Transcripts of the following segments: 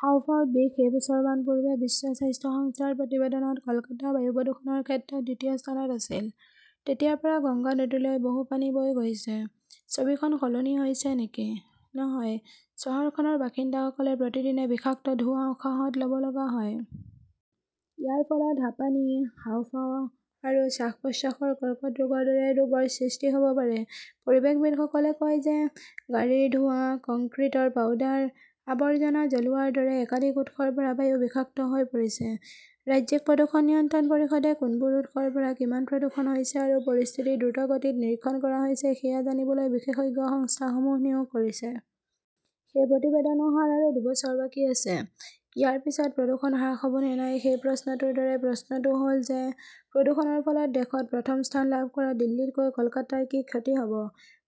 হাঁওফাঁওত বিষ কেইবছৰমান পূৰ্বে বিশ্ব স্বাস্থ্য সংস্থাৰ প্ৰতিবেদনত কলকাতা বায়ু প্ৰদূষণৰ ক্ষেত্ৰত দ্বিতীয় স্থানত আছিল। তেতিয়াৰ পৰা গংগা নদীলৈ বহু পানী বৈ গৈছে। ছবিখন সলনি হৈছে নেকি? নহয়, চহৰখনৰ বাসিন্দাসকলে প্ৰতিদিনে বিষাক্ত ধোঁৱা উশাহত লব লগা হয়। ইয়াৰ ফলত হাঁপানি, হাঁওফাঁও আৰু শ্বাস-প্ৰশ্বাসৰ কৰ্কট ৰোগৰ দৰে ৰোগৰ সৃষ্টি হব পাৰে। পৰিৱেশবিদ সকলে কয় যে, গাড়ীৰ ধোঁৱা, কংক্ৰিটৰ পাউডাৰ, আৱৰ্জনা জ্বলোৱাৰ দৰে একাধিক উৎসৰ পৰা বায়ু বিষাক্ত হৈ পৰিছে। ৰাজ্যিক প্ৰদূষণ নিয়ন্ত্ৰণ পৰিষদে কোনবোৰ উৎসৰ পৰা কিমান প্ৰদূষণ হৈছে আৰু পৰিস্থিতিটো দ্ৰুতগতিত নিৰীক্ষণ কৰা হৈছে সেয়া জানিবলৈ বিশেষজ্ঞ সংস্থাসমূহ নিয়োগ কৰিছে। সেই প্ৰতিবেদন অহাৰ আৰু দুবছৰ বাকী আছে। ইয়াৰ পিছত প্ৰদূষণ হ্ৰাস হব নে নাই সেই প্ৰশ্নটোৰ দৰেই প্ৰশ্নটো হল যে, প্ৰদূষণৰ ফলত দেশত প্ৰথম স্থান লাভ কৰা দিল্লীতকৈ কলকাতাৰ কি ক্ষতি হব?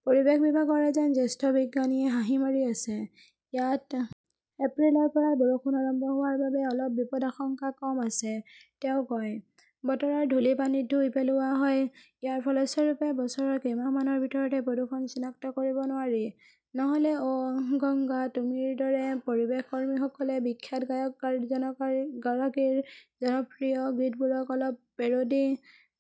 পৰিৱেশ বিভাগৰ এজন জ্যেষ্ঠ বিজ্ঞানীয়ে হাঁহি মাৰি আছে। ইয়াত এপ্ৰিলৰ পৰাই বৰষুণ আৰম্ভ হোৱাৰ বাবে অলপ বিপদাশংকা কম আছে, তেওঁ কয়। বতৰৰ ধূলি পানীত ধুই পেলোৱা হয়। ইয়াৰ ফলস্বৰূপে বছৰৰ কেইমাহমানৰ ভিতৰতে প্ৰদূষণ চিনাক্ত কৰিব নোৱাৰি। নহলে অ'গংগা তুমিৰ দৰে পৰিৱেশ কৰ্মীসকলে বিখ্যাত গায়কগৰাকীৰ জনপ্ৰিয় গীতবোৰক অলপ পেৰোডি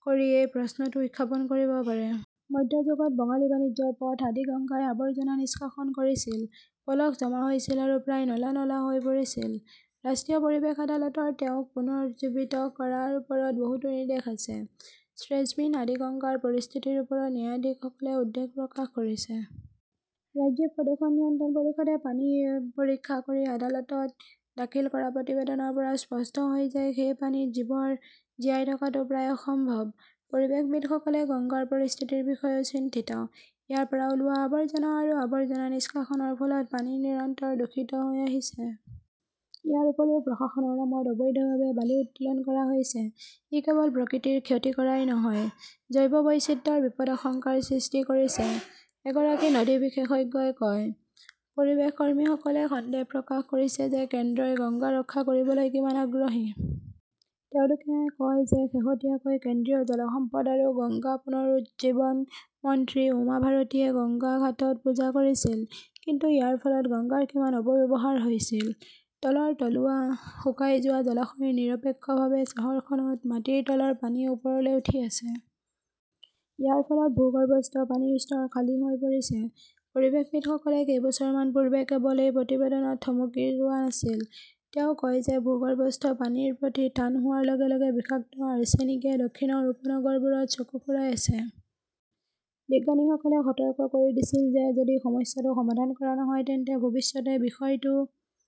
কৰি এই প্ৰশ্নটো উত্থাপন কৰিব পাৰে। মধ্যযুগত বঙালী বাণিজ্যৰ পথ আদিগংগাই আবৰ্জনা নিষ্কাশন কৰিছিল, পলস জমা হৈছিল আৰু প্ৰায় নলা-নলা হৈ পৰিছিল। ৰাষ্ট্ৰীয় পৰিৱেশ আদালতৰ তেওঁক পুনৰুজ্জীৱিত কৰাৰ ওপৰত বহুতো নিৰ্দেশ আছে। শ্ৰেজমিন আদিগঙ্গাৰ পৰিস্থিতিৰ ওপৰত ন্যায়াধীশসকলে উদ্বেগ প্ৰকাশ কৰিছে। ৰাজ্যিক প্ৰদূষণ নিয়ন্ত্ৰণ পৰিষদে পানী পৰীক্ষা কৰি আদালতত দাখিল কৰা প্ৰতিবেদনৰ পৰা স্পষ্ট হয় যে সেই পানীত জীৱৰ জীয়াই থকাটো প্ৰায় অসম্ভৱ। পৰিৱেশবিদ সকলে গংগাৰ পৰিস্থিতিৰ বিষয়েও চিন্তিত। ইয়াৰ পৰা ওলোৱা আৱৰ্জনা আৰু আৱৰ্জনা নিষ্কাশনৰ ফলত পানী নিৰন্তৰ দূষিত হৈ আহিছে। ইয়াৰ উপৰিও প্ৰশাসনৰ নামত অবৈধভাৱে বালি উত্তোলন কৰা হৈছে। ই কেৱল প্ৰকৃতিৰ ক্ষতি কৰাই নহয়, জৈৱ বৈচিত্ৰ্যৰো বিপদাশংকাৰ সৃষ্টি কৰিছে, এগৰাকী নদী বিশেষজ্ঞই কয়। পৰিৱেশ কৰ্মীসকলেও সন্দেহ প্ৰকাশ কৰিছে যে কেন্দ্ৰই গংগা ৰক্ষা কৰিবলৈ কিমান আগ্ৰহী? তেওঁলোকে কয় যে শেহতীয়াকৈ কেন্দ্ৰীয় জল সম্পদ আৰু গংগা পুনৰুজ্জীৱন মন্ত্ৰী উমা ভাৰতীয়ে গংগা ঘাটত পূজা কৰিছিল। কিন্তু ইয়াৰ ফলত গংগাৰ কিমান অপব্যৱহাৰ হৈছিল? তলৰ তলুৱা, শুকাই যোৱা জলাশয় নিৰপেক্ষভাৱে চহৰখনত মাটিৰ তলৰ পানী ওপৰলৈ উঠি আছে। ইয়াৰ ফলত ভূগৰ্ভস্থ পানীৰ স্তৰ খালী হৈ পৰিছে। পৰিৱেশবিদ সকলে কেইবছৰমান পূৰ্বে কেৱল এই প্ৰতিবেদনত থমকি ৰোৱা নাছিল। তেওঁ কয় যে ভূগৰ্ভস্থ পানীৰ প্ৰতি টান হোৱাৰ লগে লগে বিষাক্ত আৰ্ছেনিকে দক্ষিণৰ উপনগৰবোৰত চকু ফুৰাই আছে। বিজ্ঞানীসকলে সতৰ্ক কৰি দিছিল যে যদি সমস্যাটো সমাধান কৰা নহয় তেন্তে ভৱিষ্যতে বিষয়টো--